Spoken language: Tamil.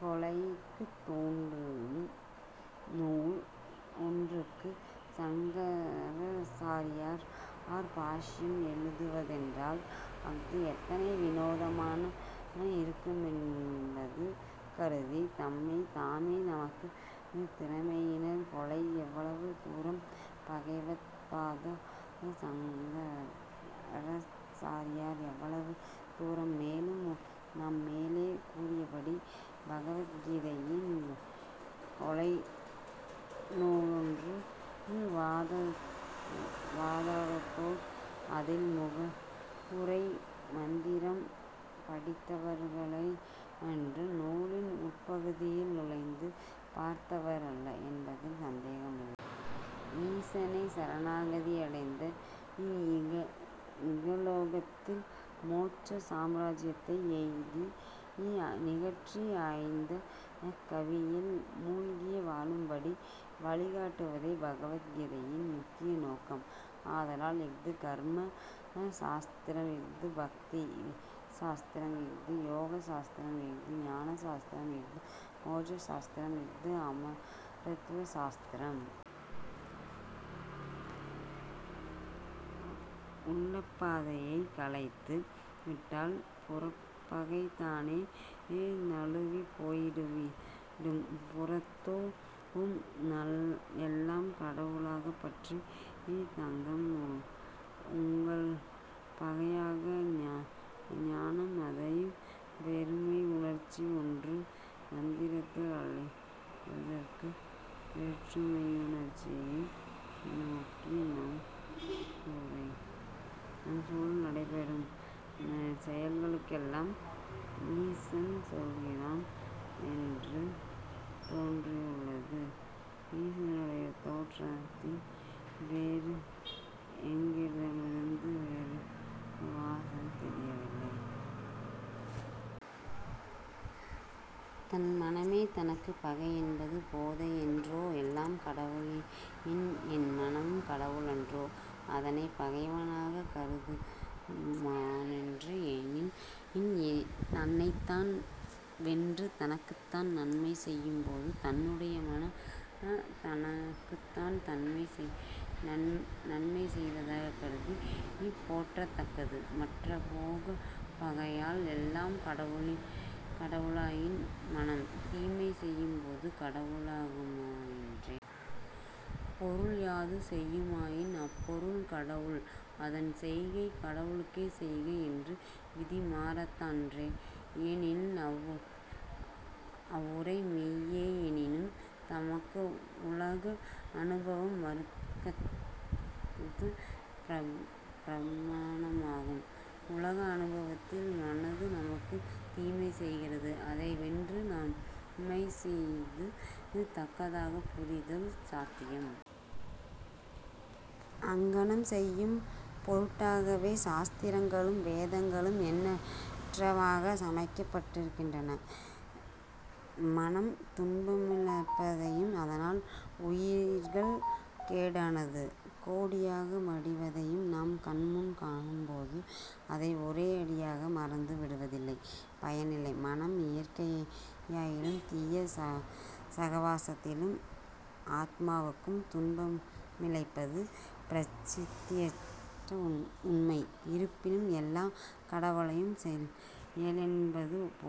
கொலைக்குத் தூண்டும் நூல் ஒன்றுக்கு சங்கராச்சாரியார் பாஷ்யம் எழுதுவதென்றால், அஃது எத்தனை வினோதமாக இருக்குமென்பதைக் கருதித் தம்மைத் தாமே நகைக்குந் திறமையிலர். கொலை எவ்வளவு தூரம்! பகவத்பாத சங்கராசாரியார் எவ்வளவு தூரம்! மேலும், நாம் மேலே கூறியபடி, பகவத் கீதையைக் கொலை நூலென்று வாதாடுவோர், அதில் முகவுரை மத்திரம் படித்தவர்களேயன்றி, நூலின் உட்பகுதியில் நுழைந்து பார்த்தவரல்லர் என்பதில் சந்தேகமில்லை. ஈசனைச் சரணாகதி அடைந்து இகலோகத்தில் மோட்ச சாம்ராஜ்யத்தை எய்தி நிகற்றி ஐந்தக் களியில் மூழ்கி வாழும்படி வழிகாட்டுவதே, பகவத் கீதையின் முக்கிய நோக்கம். ஆதலால் இஃது கர்ம சாஸ்திரம், இஃது பக்தி சாஸ்திரம், இஃது யோக சாஸ்திரம், இஃது ஞான சாஸ்திரம், இஃது மோட்ச சாஸ்திரம், இஃது அமரத்துவ சாஸ்திரம். உள்ளப் பகையைக் களைந்து விட்டால், புறப்பகை தானே நழுவிப் போய்விடும். புறத்தே எல்லாம் கடவுளாகப் பற்றித் தக்கது. உள்ளப் பகையாக ஞானம் அதாவது வேற்றுமை உணர்ச்சி ஒன்று மாத்திரமே அழித்தற்குரியது. வேற்றுமையுணர்ச்சியை நீக்கி, நம்மைச் சூழ நடைபெறும் செயல்களெல்லாம் ஈசன் செயல்களென்றும், தோன்றும் தோற்றங்களெல்லாம் ஈசனுடைய தோற்றங்களென்றும் தெரிந்து கொள்ளுமிடத்தே பய நாசம் உண்டாகிறது. தன் மனமே தனக்குப் பகையென்பது போதைமையன்றோ? எல்லாம் கடவுளாயின், என் மனமும் கடவுள் அன்றோ? அதனைப் பகைவனாகக் கருதுமாறென்னே? எனில் தன்னைத்தான் வென்று தனக்குத்தான் நன்மை செய்யும்போது, தன்னுடைய மனம் தனக்குத்தான் நன்மை செய்வதாகக் கருதிப் போற்றத் தக்கது. மற்றப் போது பகையாம். எல்லாம் கடவுளாயின், மனம் தீமை செய்யும்போது கடவுளாகுமன்றே? எப்பொருள் யாது செய்யுமாயினும் அப்பொருள் கடவுள், அதன் செய்கை கடவுளுடைய செய்கை என்றும், விதி மாறாதன்றே? எனில் அவ்வுரை மெய்யே. எனினும், நமக்கு உலக அனுபவம் மறுக்கத்தகாத பிரமாணமாகும். உலக அனுபவத்தில் மனது நமக்குத் தீமை செய்கிறது. அதை வென்று நன்மை செய்யத் தக்கதாகப் புரிதல் சாத்தியம். அங்ஙனம் செய்யும் பொருட்டாகவே, சாஸ்திரங்களும், வேதங்களும் எண்ணற்றனவாகச் சமைக்கப் பட்டிருக்கின்றன. மனம் துன்பமிழைப்பதையும், அதனால் உயிர்கள் கேடானது கோடியாக மடிவதையும் நாம் கண் முன்பு காணும்போது, அதை ஒரேயடியாக மறந்து விடுவதில் பயனில்லை. மனம் இயற்கையாலும், தீய சகவாசத்தாலும் ஆத்மாவுக்குத் துன்பமிழைப்பது பிரத்தியட்ச உண்மை. இருப்பினும் எல்லாம் கடவுளுடைய செயலென்பது பொது